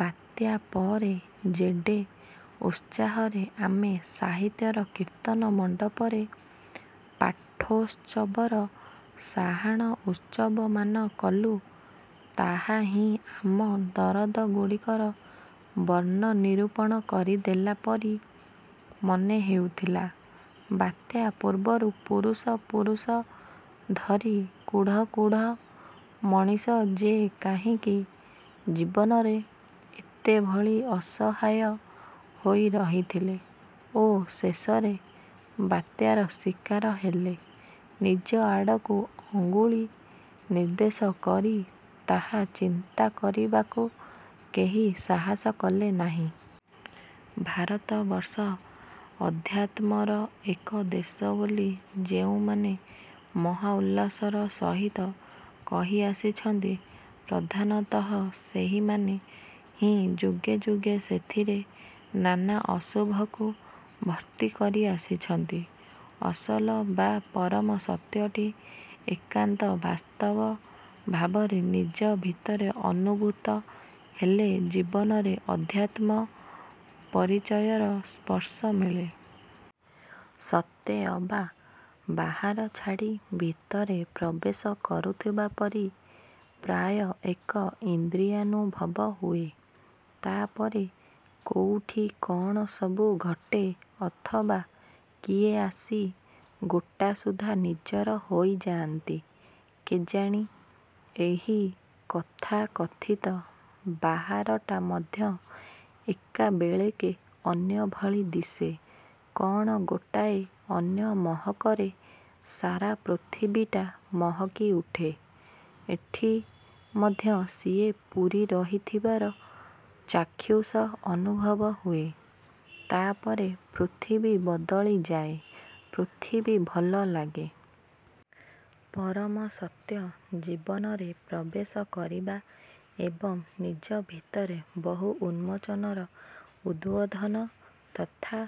ବାତ୍ୟା ପରେ ଯେଡ଼େ ଉତ୍ସାହରେ ଆମେ ସାହିତ୍ୟର କୀର୍ତ୍ତନମଣ୍ଡପରେ ପାଠୋତ୍ସବର ସାହାଣ ଉତ୍ସବମାନ କଲୁ, ତାହା ହିଁ ଆମ ଦରଦଗୁଡ଼ିକର ବର୍ଣ୍ଣ ନିରୂପଣ କରିଦେଲା ପରି ମନେ ହେଉଥିଲା। ବାତ୍ୟା ପୂର୍ବରୁ ପୁରୁଷ ପୁରୁଷ ଧରି କୁଢ଼ କୁଢ଼ ମଣିଷ ଯେ କାହିଁକି ଜୀବନରେ ଏତେ ଭଳି ଅସହାୟ ହୋଇ ରହିଥିଲେ ଓ ଶେଷରେ ବାତ୍ୟାର ଶିକାର ହେଲେ, ନିଜ ଆଡ଼କୁ ଅଙ୍ଗୁଳି ନିର୍ଦ୍ଦେଶ କରି ତାହା ଚିନ୍ତା କରିବାକୁ କେହି ସାହସ କଲେନାହିଁ। ଭାରତବର୍ଷ ଅଧ୍ୟାତ୍ମର ଏକ ଦେଶ ବୋଲି ଯେଉଁମାନେ ମହାଉଲ୍ଲାସର ସହିତ କହି ଆସିଛନ୍ତି ,ପ୍ରଧାନତଃ ସେହିମାନେ ହିଁ ଯୁଗେ ଯୁଗେ ସେଥିରେ ନାନା ଅଶୁଭକୁ ଭର୍ତ୍ତି କରି ଆସିଛନ୍ତି। ଅସଲ ବା ପରମ ସତ୍ୟଟି ଏକାନ୍ତ ବାସ୍ତବ ଭାବରେ ନିଜ ଭିତରେ ଅନୁଭୂତ ହେଲେ ଜୀବନରେ ଅଧ୍ୟାତ୍ମ ପରିଚୟର ସ୍ପର୍ଶ ମିଳେ। ସତେଅବା ବାହାର ଛାଡ଼ି ଭିତରେ ପ୍ରବେଶ କରୁଥିବା ପରି ପ୍ରାୟ ଏକ ଇନ୍ଦ୍ରିୟାନୁଭବ ହୁଏ ତା' ପରେ କୋଉଠି କ'ଣ ସବୁ ଘଟେ ଅଥବା କିଏ ଆସି ଗୋଟାସୁଦ୍ଧା ନିଜର ହୋଇଯାଆନ୍ତି କେଜାଣି, ଏହି ତଥାକଥିତ ବାହାରଟା ମଧ୍ୟ ଏକାବେଳେକେ ଅନ୍ୟ ଭଳି ଦିଶେ, କ'ଣ ଗୋଟାଏ ଅନ୍ୟ ମହକରେ ସାରା ପୃଥିବୀଟା ମହକି ଉଠେ, ଏଠି ମଧ୍ୟ ସିଏ ପୂରି ରହିଥିବାର ଚାକ୍ଷୁଷ ଅନୁଭବ ହୁଏ, ତା'ପରେ ପୃଥିବୀ ବଦଳିଯାଏ, ପୃଥିବୀ ଭଲ ଲାଗେ। ପରମସତ୍ୟ ଜୀବନରେ ପ୍ରବେଶ କରିବା ଏବଂ ନିଜ ଭିତରେ ବହୁ ଉନ୍ମୋଚନର ଉଦ୍ବୋଧନ ତଥା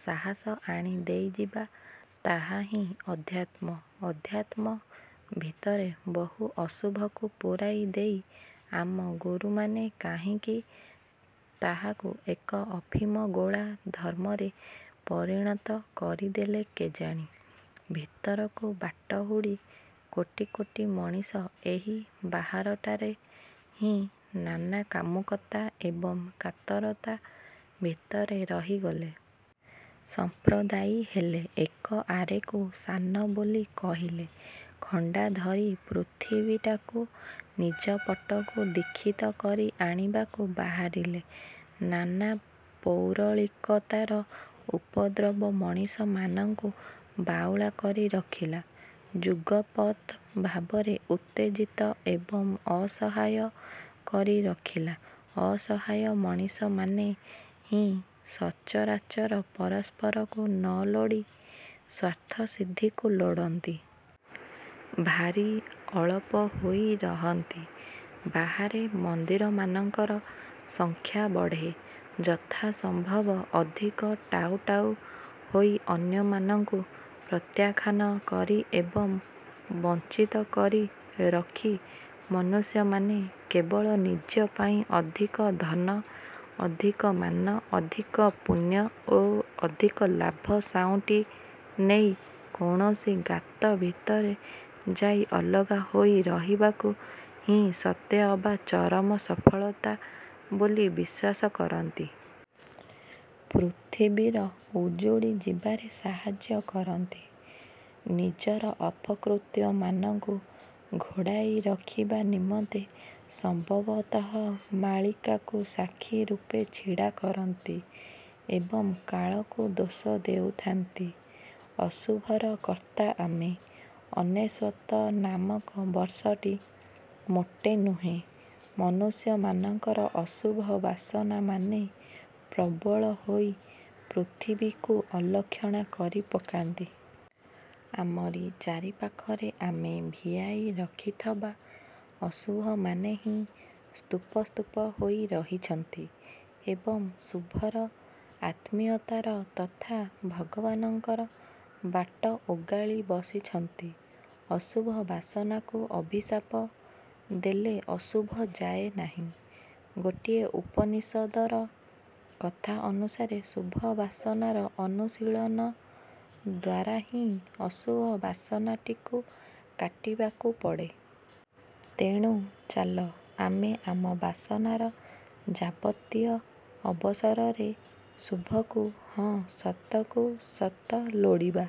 ସାହସ ଆଣି ଦେଇଯିବା, ତାହାହିଁ ଅଧ୍ୟାତ୍ମ। ଅଧ୍ୟାତ୍ମ ଭିତରେ ବହୁ ଅଶୁଭକୁ ପୂରାଇ ଦେଇ ଆମ ଗୁରୁମାନେ କାହିଁକି ତାହାକୁ ଏକ ଅଫିମଗୋଳା ଧର୍ମରେ ପରିଣତ କରିଦେଲେ କେଜାଣି। ଭିତରକୁ ବାଟ ହୁଡ଼ି କୋଟି କୋଟି ମଣିଷ ଏହି ବାହାରଟାରେ ହିଁ ନାନା କାମୁକତା ଏବଂ କାତରତା ଭିତରେ ରହିଗଲେ। ସମ୍ପ୍ରଦାୟୀ ହେଲେ, ଏକ ଆରେକୁ ସାନ ବୋଲି କହିଲେ, ଖଣ୍ଡା ଧରି ପୃଥିବୀଟାକୁ ନିଜ ପଟକୁ ଦୀକ୍ଷିତ କରି ଆଣିବାକୁ ବାହାରିଲେ। ନାନା ପୌରଳିକତାର ଉପଦ୍ରବ ମଣିଷମାନଙ୍କୁ ବାଉଳା କରି ରଖିଲା। ଯୁଗପତ୍ ଭାବରେ ଉତ୍ତେଜିତ ଏବଂ ଅସହାୟ କରି ରଖିଲା। ଅସହାୟ ମଣିଷମାନେ ହିଁ ସଚରାଚର ପରସ୍ପରକୁ ନଲୋଡ଼ି ସ୍ଵାର୍ଥସିଦ୍ଧିକୁ ଲୋଡ଼ନ୍ତି। ଭାରି ଅଳପ ହୋଇ ରହନ୍ତି। ବାହାରେ ମନ୍ଦିରମାନଙ୍କର ସଂଖ୍ୟା ବଢ଼େ, ଯଥାସମ୍ଭବ ଅଧିକ ଟାଉ ଟାଉ ହୋଇ ଅନ୍ୟମାନଙ୍କୁ ପ୍ରତ୍ୟାଖ୍ୟାନ କରି ଏବଂ ବଂଚିତ କରି ରଖି ମନୁଷ୍ୟମାନେ କେବଳ ନିଜ ପାଇଁ ଅଧିକ ଧନ, ଅଧିକ ମାନ, ଅଧିକ ପୁଣ୍ୟ ଓ ଅଧିକ ଲାଭ ସାଉଁଟି ନେଇ କୌଣସି ଗାତ ଭିତରେ ଯାଇ ଅଲଗା ହୋଇ ରହିବାକୁ ହିଁ ସତେଅବା ଚରମ ସଫଳତା ବୋଲି ବିଶ୍ୱାସ କରନ୍ତି। ପୃଥିବୀର ଉଜୁଡ଼ି ଯିବାରେ ସାହାଯ୍ୟ କରନ୍ତି। ନିଜର ଅପକୃତ୍ୟମାନଙ୍କୁ ଘୋଡ଼ାଇ ରଖିବା ନିମନ୍ତେ ସମ୍ଭବତଃ ମାଳିକାକୁ ସାକ୍ଷୀ ରୂପେ ଛିଡ଼ା କରନ୍ତି ଏବଂ କାଳକୁ ଦୋଷ ଦେଉଥାନ୍ତି। ଅଶୁଭର କର୍ତ୍ତା ଆମେ, ଅନେଶ୍ୱତ ନାମକ ବର୍ଷଟି ମୋଟେ ନୁହେଁ। ମନୁଷ୍ୟମାନଙ୍କର ଅଶୁଭ ବାସନାମାନେ ପ୍ରବଳ ହୋଇ ପୃଥିବୀକୁ ଅଲକ୍ଷଣା କରି ପକାନ୍ତି। ଆମରି ଚାରିପାଖରେ ଆମେ ଭିଆଇ ରଖିଥବା ଅଶୁଭମାନେ ହିଁ ସ୍ତୂପ ସ୍ତୂପ ହୋଇ ରହିଛନ୍ତି ଏବଂ ଶୁଭର, ଆତ୍ମୀୟତାର ତଥା ଭଗବାନଙ୍କର ବାଟ ଓଗାଳି ବସିଛନ୍ତି। ଅଶୁଭ ବାସନାକୁ ଅଭିଶାପ ଦେଲେ ଅଶୁଭ ଯାଏନାହିଁ। ଗୋଟିଏ ଉପନିଷଦର କଥା ଅନୁସାରେ, ଶୁଭ ବାସନାର ଅନୁଶୀଳନ ଦ୍ୱାରା ହିଁ ଅଶୁଭ ବାସନାଟିକୁ କାଟିବାକୁ ପଡ଼େ। ତେଣୁ, ଚାଲ ଆମେ ଆମ ବାସନାର ଯାବତୀୟ ଅବସରରେ ଶୁଭକୁ ହଁ ସତକୁ ସତ ଲୋଡ଼ିବା।